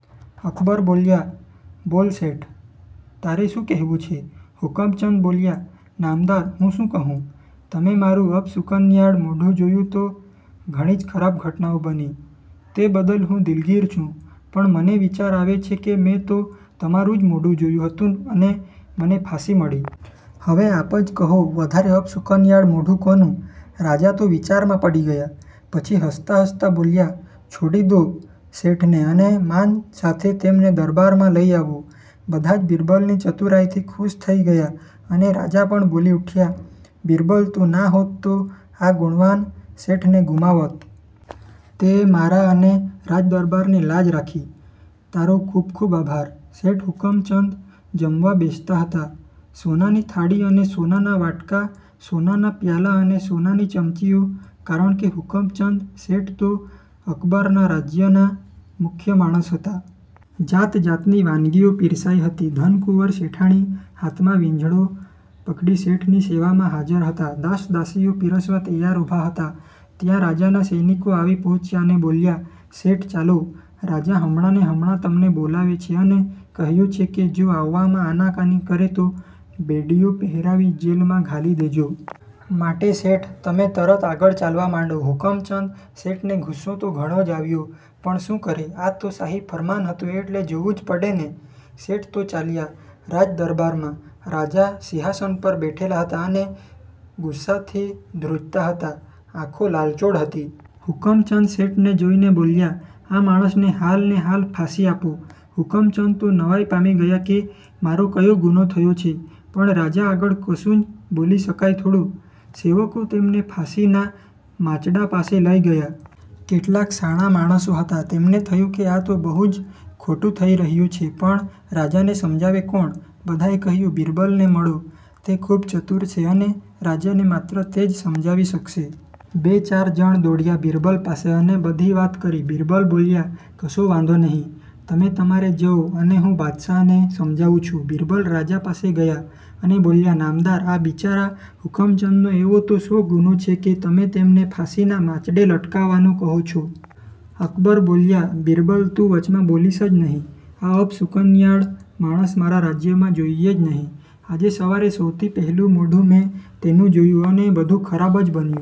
અકબર બોલ્યા: બોલ શેઠ, તારે શું કહેવું છે? હુકમચંદ બોલ્યા: નામદાર, હું શું કહું? તમે મારું અપશુકનિયાળ મોઢું જોયું તો ઘણી જ ખરાબ ઘટનાઓ બની. તે બદલ હું દિલગીર છું. પણ મને વિચાર આવે છે કે મેં તો તમારૂં જ મોંઢું જોયું હતું અને મને ફાંસી મળી. હવે આપ જ કહો -વધારે અપશુકનિયાળ મોંઢું કોનું? રાજા તો વિચારમાં પડી ગયા. પછી હસતા હસતા બોલ્યા: છોડી દો શેઠને અને માન સાથે તેમને દરબારમાં લઈ આવો. બધા જ બિરબલની ચતુરાઈથી ખુશ થઈ ગયા અને રાજા પણ બોલી ઉઠ્યા: બિરબલ, તું નાહોત તો આ ગુણવાન શેઠને ગુમાવત. તેએ મારાં અને રાજ દરબારની લાજ રાખી. તારો ખૂબ ખૂબ આભાર. શેઠ હુકમચંદ જમવા બેસતા હતા. સોનાની થાળી અને સોનાના વાટકા, સોનાના પ્યાલા અને સોનાની ચમચીઓ.. કારણકે હુકમચંદ શેઠ તો અકબરના રાજ્યના મુખ્ય માણસ હતા. જાતજાતની વાનગીઓ પીરસાઈ હતી. ધનકુંવર શેઠાણી હાથમાં વીંઝણો પકડી શેઠની સેવામાં હાજર હતા. દાસ-દાસીઓ પીરસવા તૈયાર ઉભા હતા. ત્યાં રાજાના સૈનિકો આવી પહોંચ્યા અને બોલ્યા: શેઠ, ચાલો. રાજા હમણાંને હમણાં તમને બોલાવે છે અને કહ્યું છે કે જો આવવામાં આનાકાની કરે તો બેડીઓ પહેરાવી જેલમાં ઘાલી દેજો. માટે શેઠ, તમે તરત આગળ ચાલવા માંડો. હુકમચંદ શેઠને ગુસ્સો તો ઘણો જ આવ્યો, પણ શું કરે? આ તો શાહી ફરમાન હતું એટલે જવું જ પડે ને? શેઠ તો ચાલ્યા. રાજ દરબારમાં રાજા સિંહાસન પર બેઠેલા હતા અને ગુસાથી દ્રુજતા હતા, આંખો લાલચોળ હતી. હુકમચંદ શેઠને જોઇને બોલ્યા: આ માણસને હાલને હાલ ફાંસી આપો. હુકમચંદ તો નવાઈ પામી ગયા કે મારો કયો ગુનો થયો છે? પણ રાજા આગળ કશું જ બોલી શકાય થોડું? સેવકો તેમને ફાંસીના માંચડા પાસે લઈ ગયા. કેટલાક શાણા માણસો હતા, તેમને થયું કે આ તો બહુ જ ખોટું થઈ રહ્યું છે. પણ રાજાને સમજાવે કોણ? બધાએ કહ્યું: બિરબલને મળો. તે ખૂબ ચતુર છે અને રાજાને માત્ર તે જ સમજાવી શકશે. બે-ચાર જણ દોડ્યા બિરબલ પાસે અને બધી વાત કરી. બિરબલ બોલ્યા: કશો વાંધો નહીં. તમે તમારે જઓ અને હું બાદશાહને સમજાવું છું. બિરબલ રાજા પાસે ગયા અને બોલ્યા: નામદાર, આ બિચારા હુકમચંદનો એવો તો શો ગુનો છે કે તમે તેમને ફાંસીના માંચડે લટકાવવાનું કહો છો? અકબર બોલ્યા: બિરબલ, તું વચમાં બોલીશ જ નહીં. આ અપશુકનિયાળ માણસ મારા રાજ્યમાં જોઈએ જ નહીં. આજે સવારે સૌથી પહેલું મોઢું મેં તેનું જોયું અને બધું ખરાબ જ બન્યું